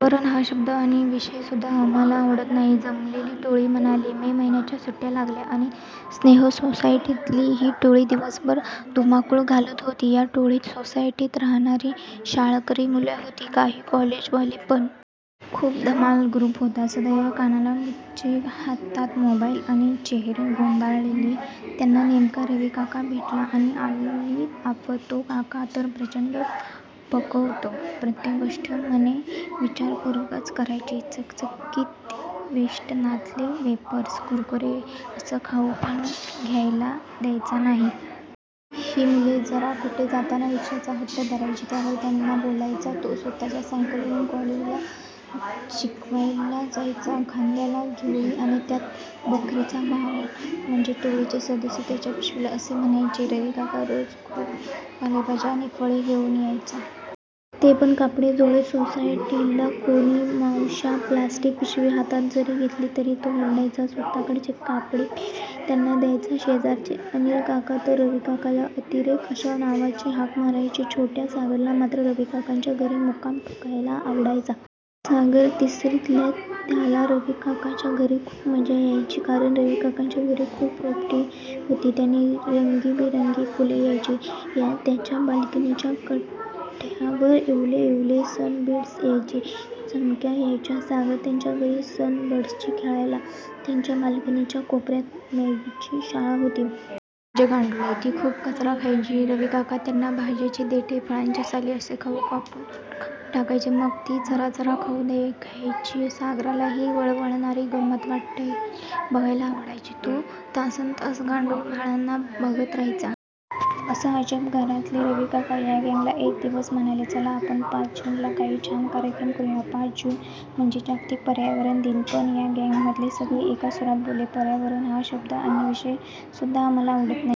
पर्यावरण हा शब्द आणि विषय सुद्धा आम्हाला आवडत नाही,' जमलेली टोळी म्हणाली. मे महिन्याच्या सुट्ट्या लागल्या आणि स्नेह सोसायटीतली ही टोळी दिवसभर धुमाकूळ घालत होती. या टोळीत सोसायटीत राहणारी शाळकरी मुले होती, काही कॉलेजवाले पण! खूप धमाल ग्रुप होता. सदैव कानाला बुचे, हातात मोबाईल आणि चेहरे गोंधळलेले! त्यांना नेमका रविकाका भेटला. आणि आली आफत! तो काका तर प्रचंड पकवतो. प्रत्येक गोष्ट म्हणे विचारपूर्वकच करायची. चकचकीत वेष्टनातले वेफर्स, कुरकुरे असा खाऊ पण खायला द्यायचा नाही. ही मुले जरा कुठे जाताना रिक्षाचा हट्ट धरायची, त्यावरून त्यांना बोलायचा. तो स्वतः सायकलवरून कॉलेजला शिकवायला जायचा. खांद्याला झोळी आणि त्यात 'बकरीचा पाला'! म्हणजे टोळीचे सदस्य त्याच्या पिशवीला असे म्हणायचे. रविकाका रोज खूप पालेभाज्या आणि फळे घेऊन यायचा. ते पण कापडी झोळीत. सोसायटीतल्या कोणी मावश्यांनी प्लास्टिक पिशवी हातात जरी घेतली तरी तो ओरडायचा, स्वतःकडची कापडी पिशवी त्यांना द्यायचा. शेजारचे अनिलकाका तर रविकाकाला 'अतिरेकी' अशा नावानेच हाक मारायचे. छोट्या सागरला मात्र रविकाकाच्या घरीच मुक्काम ठोकायला आवडायचा. सागर तिसरीतला. त्याला रविकाकाच्या घरी खूप मजा यायची, कारण रविकाकाच्या घरी खूप रोपटी होती. त्यांना रंगीबेरंगी फुले यायची. त्याच्या बाल्कनीच्या कठड्यावर इवले इवले सनबर्ड्स यायचे. चिमण्या यायच्या. सागर त्याच्या घरी सनबर्डशी खेळायचा. त्याच्या बाल्कनीच्या कोपऱ्यात मॅगीची शाळा होती. मॅगी म्हणजे गांडुळे. ती खूप कचरा खायची. रविकाका त्यांना भाज्यांची देठे, फळांच्या साली असा खाऊ कापून कापून टाकायचा. मग ती चराचरा खाऊ खायची. सागरला ही वळवळणारी गंमत बघायला आवडायची. तो तासनतास गांडूळ बाळांना बघत राहायचा. अशा अजब घरातले रविकाका या गँगला एक दिवस म्हणाले, 'चला आपण पाच जूनचा काही छान कार्यक्रम करूया. पाच जून म्हणजे जागतिक पर्यावरण दिन.' पण या गँगमधले सगळे एका सुरात बोलले- 'पर्यावरण हा शब्द आणि विषय सुद्धा आम्हाला आवडत नाही!'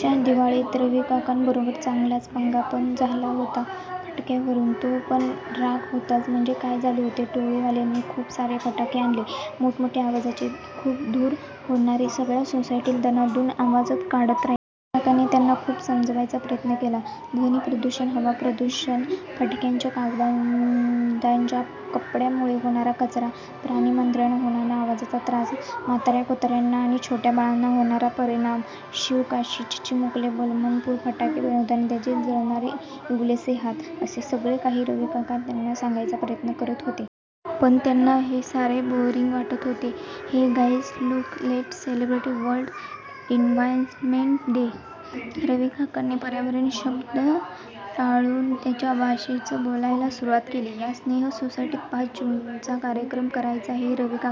त्यांचा दिवाळीत रविकाकाबरोबर चांगलाच पंगा पण झाला होता फटाक्यांवरून, तो पण राग होताच. म्हणजे काय झाले होते, टोळीवाल्यांनी खूप सारे फटाके आणले. मोठ्या मोठ्या आवाजाचे, खूप धूर होणारे. सगळ्या सोसायटीत दणाणून आवाज काढत राहिले. रविकाकाने त्यांना खूप समजावण्याचा प्रयत्न केला. ध्वनी प्रदूषण, हवा प्रदूषण, फटाक्याच्या कागदाच्या कपट्यांमुळे होणारा कचरा, प्राणीमात्रांना होणारा आवाजाचा त्रास, म्हाताऱ्या-कोताऱ्यांना आणि छोट्या बाळांवर होणारे परिणाम, शिवकाशीचे चिमुकले बालमजूर, फटाके बनवताना त्यांचे जळणारे इवलेसे हात असे सगळे काही रविकाका त्यांना सांगायचा प्रयत्न करत होता. पण त्यांना हे सारे बोअरिंग वाटत होते. 'Hey guys, look let's celebrate world environment day!' रविकाकाने पर्यावरण शब्द टाळून त्यांच्या भाषेतच बोलायला सुरुवात केली. या स्नेह सोसायटीत पाच जूनचा कार्यक्रम करायचा हे रविकाकाने